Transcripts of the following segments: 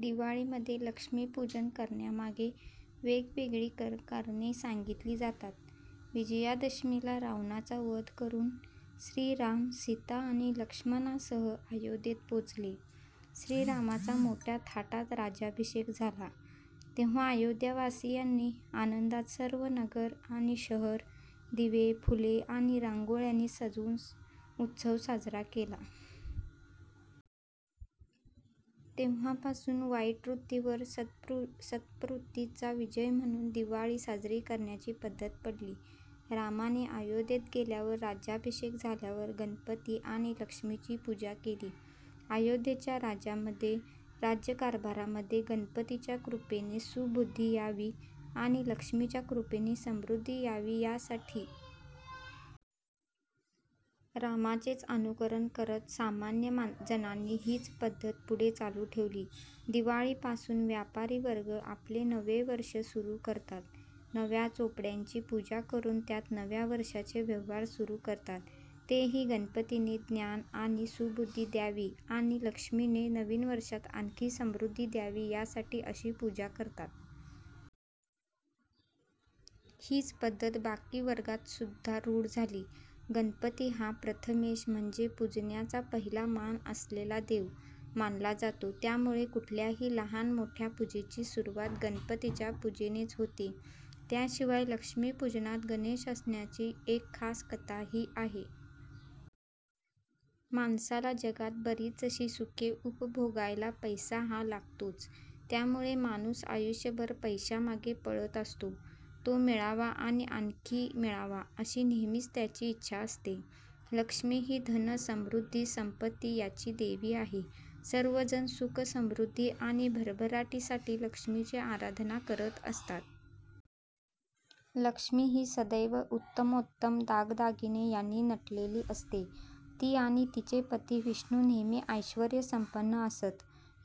दिवाळीमध्ये लक्ष्मी पूजन करण्यामागे वेगवेगळी करणे सांगितली जातात. विजयादशमीला रावणाचा वध करून श्रीराम, सीता आणि लक्ष्मणासह अयोध्येत पोहोचले. श्रीरामाचा मोठ्या थाटात राज्याभिषेक झाला. तेव्हा अयोध्यावासियांनी आनंदात सर्व नगर आणि शहर दिवे, फुले आणि रांगोळ्यांनी सजवुन उत्सव साजरा केला. तेव्हापासून वाईट वृत्तीवर सत्प्रवृत्तीचा विजय म्हणुन दिवाळी साजरी करण्याची पद्धत पडली. रामाने अयोध्येत गेल्यावर, राज्याभिषेक झाल्यावर गणपती आणि लक्ष्मीची पूजा केली. अयोध्येच्या राज्यामध्ये, राज्यकारभारामध्ये गणपतीच्या कृपेने सुबुद्धी यावी आणि लक्ष्मीच्या कृपेने समृद्धी यावी यासाठी. रामाचेच अनुकरण करत सामान्य जणांनी हीच पद्धत पुढे चालु ठेवली. दिवाळी पासुन व्यापारी वर्ग आपले नवे वर्ष सुरु करतात. नव्या चोपड्यांची पूजा करून त्यात नव्या वर्षाचे व्यवहार सुरु करतात. तेही गणपतीने ज्ञान आणि सुबुद्धी द्यावी आणि लक्ष्मीने नवीन वर्षात आणखी समृद्धी द्यावी यासाठी अशी पूजा करतात. हीच पद्धत बाकी वर्गात सुद्धा रूढ झाली. गणपती हा प्रथमेश म्हणजे पुजण्याचा पहिला मान असलेला देव मानला जातो. त्यामुळे कुठल्याही लहान मोठ्या पूजेची सुरुवात गणपतीच्या पुजेनेच होते. त्याशिवाय लक्ष्मीपूजनात गणेश असण्याची एक खास कथा हि आहे. माणसाला जगात बरीचशी सुखे उपभोगायला पैसा हा लागतोच. त्यामुळे माणुस आयुष्यभर पैशामागे पळत असतो, तो मिळावा आणि आणखी मिळावा अशी नेहमीच त्याची इच्छा असते. लक्ष्मी हि धन, समृद्धी, संपत्ती याची देवी आहे. सर्व जण सुख समृद्धी आणि भरभराटीसाठी लक्ष्मीची आराधना करत असतात. लक्ष्मी ही सदैव उत्तमोत्तम दागदागिने यांनी नटलेली असते. ती आणि तिचे पती विष्णु नेहमी ऐश्वर्य संपन्न असत.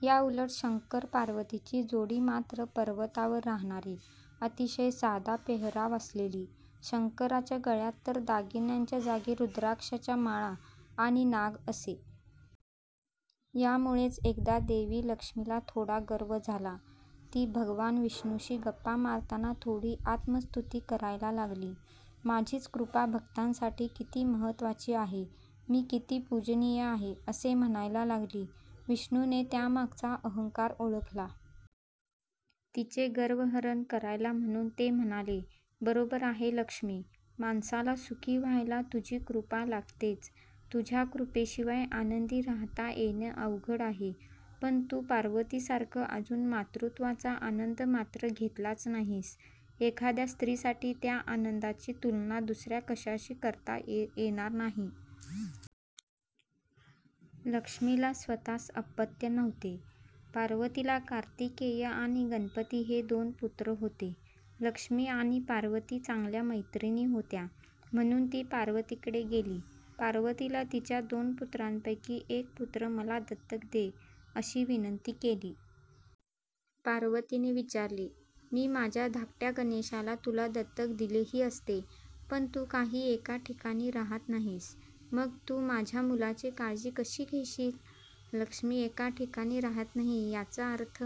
याउलट शंकर पार्वतीची जोडी मात्र पर्वतावर राहणारी, अतिशय साधा पेहराव असलेली. शंकराच्या गळ्यात तर दागिन्यांच्या जागी रुद्राक्षाच्या माळा आणि नाग असे. यामुळेच एकदा देवी लक्ष्मीला थोडा गर्व झाला. ती भगवान विष्णूशी गप्पा मारताना थोडी आत्मस्तुती करायला लागली. माझीच कृपा भक्तांसाठी किती महत्वाची आहे, मी किती पूजनीय आहे असे म्हणायला लागली. विष्णुने त्यामागचा अहंकार ओळखला. तिचे गर्वहरण करायला म्हणुन ते म्हणाले बरोबर आहे लक्ष्मी, माणसाला सुखी व्हायला तुझी कृपा लागतेच. तुझ्या कृपेशिवाय आनंदी राहता येणं अवघड आहे. पण तु पार्वतीसारखं अजुन मातृत्वाचा आनंद मात्र घेतलाच नाहीस. एखाद्या स्त्रीसाठी त्या आनंदाची तुलना दुसऱ्या कशाशी करता येणार नाही. लक्ष्मीला स्वतःस अपत्य नव्हते. पार्वतीला कार्तिकेय आणि गणपती हे दोन पुत्र होते. लक्ष्मी आणि पार्वती चांगल्या मैत्रिणी होत्या. म्हणुन ती पार्वतीकडे गेली. पार्वतीला तिच्या दोन पुत्रांपैकी एक पुत्र मला दत्तक दे अशी विनंती केली. पार्वतीने विचारले मी माझ्या धाकट्या गणेशाला तुला दत्तक दिलेही असते. पण तू काही एका ठिकाणी राहत नाहीस. मग तू माझ्या मुलाची काळजी कशी घेशील? लक्ष्मी एका ठिकाणी राहत नाही याचा अर्थ